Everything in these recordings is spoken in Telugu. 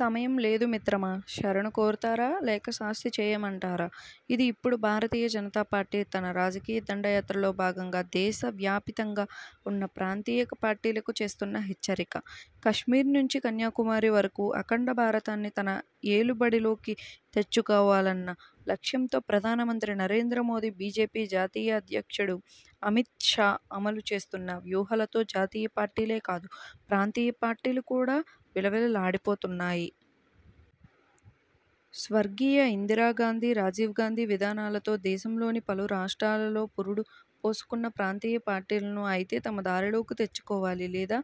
సమయం లేదు మిత్రమా! శరణు కోరతారా? లేక శాస్తి చేయమంటారా? ' ఇది ఇప్పుడు భారతీయ జనతా పార్టీ తన రాజకీయ దండయాత్రలో భాగంగా దేశవ్యాపితంగా ఉన్న ప్రాంతీయ పార్టీలకు చేస్తున్న హెచ్చరిక! కశ్మీర్ నుంచి కన్యాకుమారి వరకూ అఖండ భారతాన్ని తన ఏలుబడిలోకి తెచ్చుకోవాలన్న లక్ష్యంతో ప్రధాన మంత్రి నరేంద్ర మోదీ, బీజేపీ జాతీయ అధ్యక్షుడు అమిత్ షా అమలు చేస్తున్న వ్యూహాలతో జాతీయ పార్టీలే కాదు ప్రాంతీయ పార్టీలు కూడా విలవిలలాడిపోతున్నాయి. స్వర్గీయ ఇందిరా గాంధీ, రాజీవ్ గాంధీ విధానాలతో దేశంలోని పలు రాష్ర్టాలలో పురుడు పోసుకున్న ప్రాంతీయ పార్టీలను.. అయితే తమ దారిలోకి తెచ్చుకోవాలి లేదా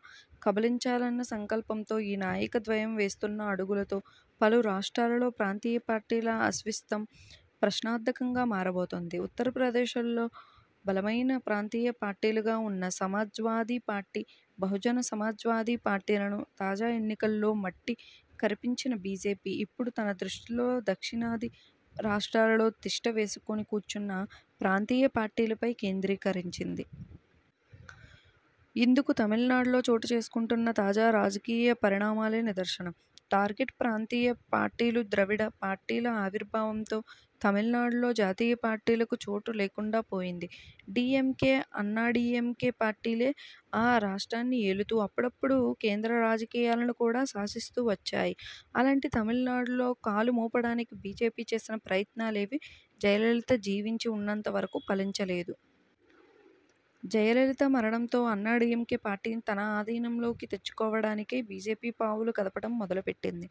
కబళించాలన్న సంకల్పంతో ఈ నాయక ద్వయం వేస్తున్న అడుగులతో పలు రాష్ర్టాలలో ప్రాంతీయ పార్టీల అస్తిత్వం ప్రశ్నార్థకంగా మారబోతోంది. ఉత్తరప్రదేశ్లో బలమైన ప్రాంతీయ పార్టీలుగా ఉన్న సమాజ్వాదీ పార్టీ, బహుజన సమాజ్వాదీ పార్టీలను తాజా ఎన్నికలలో మట్టి కరిపించిన బీజేపీ, ఇప్పుడు తన దృష్టిలో దక్షిణాది రాష్ర్టాలలో తిష్ట వేసుకుని కూర్చున్న ప్రాంతీయపార్టీలపై కేంద్రీకరించింది. ఇందుకు తమిళనాడులో చోటు చేసుకుంటున్న తాజా రాజకీయ పరిణామాలే నిదర్శనం. టార్గెట్ ప్రాంతీయ పార్టీలుద్రవిడ పార్టీల ఆవిర్భావంతో తమిళనాడులో జాతీయపార్టీలకు చోటు లేకుండాపోయింది. డీఎంకే అన్నాడీఎంకే పార్టీలే ఆ రాష్ర్టాన్ని ఏలుతూ అప్పుడప్పుడు కేంద్ర రాజకీయాలను కూడా శాసిస్తూ వచ్చాయి. అలాంటి తమిళనాడులో కాలు మోపడానికి బీజేపీ చేసిన ప్రయత్నాలేవీ జయలలిత జీవించి ఉన్నంత వరకు ఫలించ లేదు. జయలలిత మరణంతో అన్నాడీఎంకే పార్టీని తన అధీనంలోకి తెచ్చుకోవడానికై బీజేపీ పావులు కదపడం మొదలుపెట్టింది.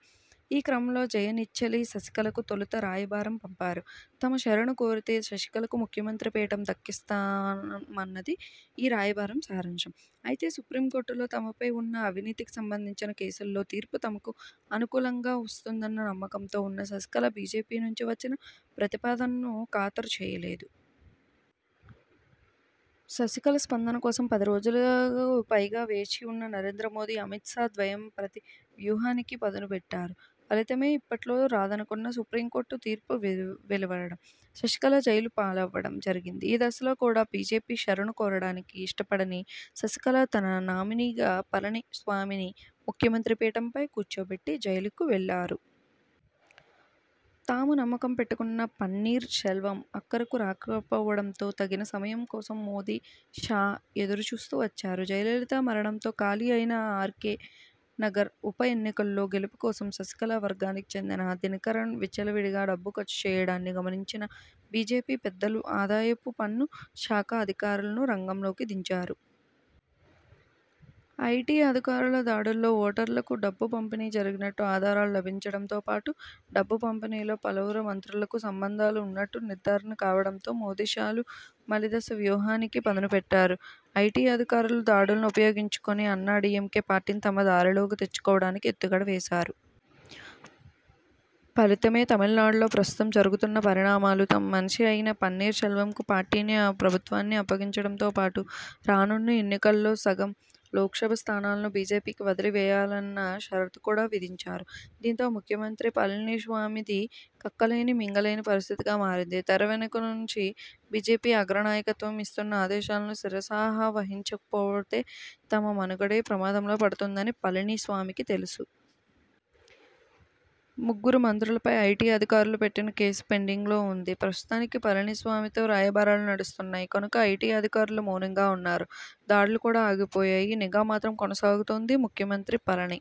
ఈ క్రమంలో జయ నెచ్చెలి శశికళకు తొలుత రాయబారం పంపారు. తమ శరణు కోరితే శశికళకు ముఖ్యమంత్రి పీఠం దక్కనిస్తామన్నది ఈ రాయబారం సారాంశం. అయితే, సుప్రీం కోర్టులో తమపై ఉన్న అవినీతికి సంబంధించిన కేసులలో తీర్పు తమకు అనుకూలంగా వస్తుందన్న నమ్మకంతో ఉన్న శశికళ బీజేపీ నుంచి వచ్చిన ప్రతిపాదనను ఖాతరు చేయలేదు. శశికళ స్పందన కోసం పది రోజులకు పైగా వేచి ఉన్న నరేంద్ర మోదీ, అమిత్ షా ద్వయం ప్రతి వ్యూహానికి పదును పెట్టారు. ఫలితమే, ఇప్పట్లో రాదనుకున్న సుప్రీం కోర్టు తీర్పు వెలువడటం, శశికళ జైలు పాలవ్వడం జరిగింది. ఈ దశలో కూడా బీజేపీ శరణు కోరడానికి ఇష్టపడని శశికళ తన నామినీగా పళని స్వామిని ముఖ్యమంత్రి పీఠంపై కూర్చోబెట్టి జైలుకు వెళ్లారు. తాము నమ్మకం పెట్టుకున్న పన్నీర్ సెల్వం అక్కరకు రాకపోవడంతో తగిన సమయం కోసం మోదీ, షా ఎదురు చూస్తూ వచ్చారు. జయలలిత మరణంతో ఖాళీ అయిన ఆర్కే నగర్ ఉప ఎన్నికలో గెలుపు కోసం శశికళ వర్గానికి చెందిన దినకరన్ విచ్చలవిడిగా డబ్బు ఖర్చు చేయడాన్ని గమనించిన బీజేపీ పెద్దలు ఆదాయపు పన్ను శాఖ అధికారులను రంగంలోకి దించారు. ఐటీ అధికారుల దాడుల్లో ఓటర్లకు డబ్బు పంపిణీ జరిగినట్టు ఆధారాలు లభించడంతోపాటు డబ్బు పంపిణీలో పలువురు మంత్రులకు సంబంధాలు ఉన్నట్టు నిర్ధారణ కావడంతో మోదీ షాలు మలి దశ వ్యూహానికి పదును పెట్టారు. ఐటీ అధికారుల దాడులను ఉపయోగించుకుని అన్నాడీఎంకే పార్టీని తమ దారిలోకి తెచ్చుకోవడానికి ఎత్తుగడ వేశారు. ఫలితమే, తమిళనాడులో ప్రస్తుతం జరుగుతున్న పరిణామాలు. తమ మనిషి అయిన పన్నీర్ సెల్వంకు పార్టీని, ప్రభుత్వాన్ని అప్పగించడంతోపాటు రానున్న ఎన్నికలలో సగం లోక్సభ స్థానాలను బీజేపీకి వదిలి వేయాలన్న షరతు కూడా విధించారు. దీంతో, ముఖ్యమంత్రి పళనిస్వామిది కక్కలేని మింగలేని పరిస్థితిగా మారింది. తెర వెనుక నుంచి బీజేపీ అగ్ర నాయకత్వం ఇస్తున్న ఆదేశాలను శిరసావహించకపోతే తమ మనుగడే ప్రమాదంలో పడుతుందని పళని స్వామికి తెలుసు! ముగ్గురు మంత్రులపై ఐటీ అధికారులు పెట్టిన కేసు పెండింగ్లో ఉంది. ప్రస్తుతానికి పళనిస్వామితో రాయబారాలు నడుస్తున్నాయి కనుక, ఐటీ అధికారులు మౌనంగా ఉన్నారు. దాడులు కూడా ఆగిపోయాయి. నిఘా మాత్రం కొనసాగుతోంది. ముఖ్యమంత్రి పళని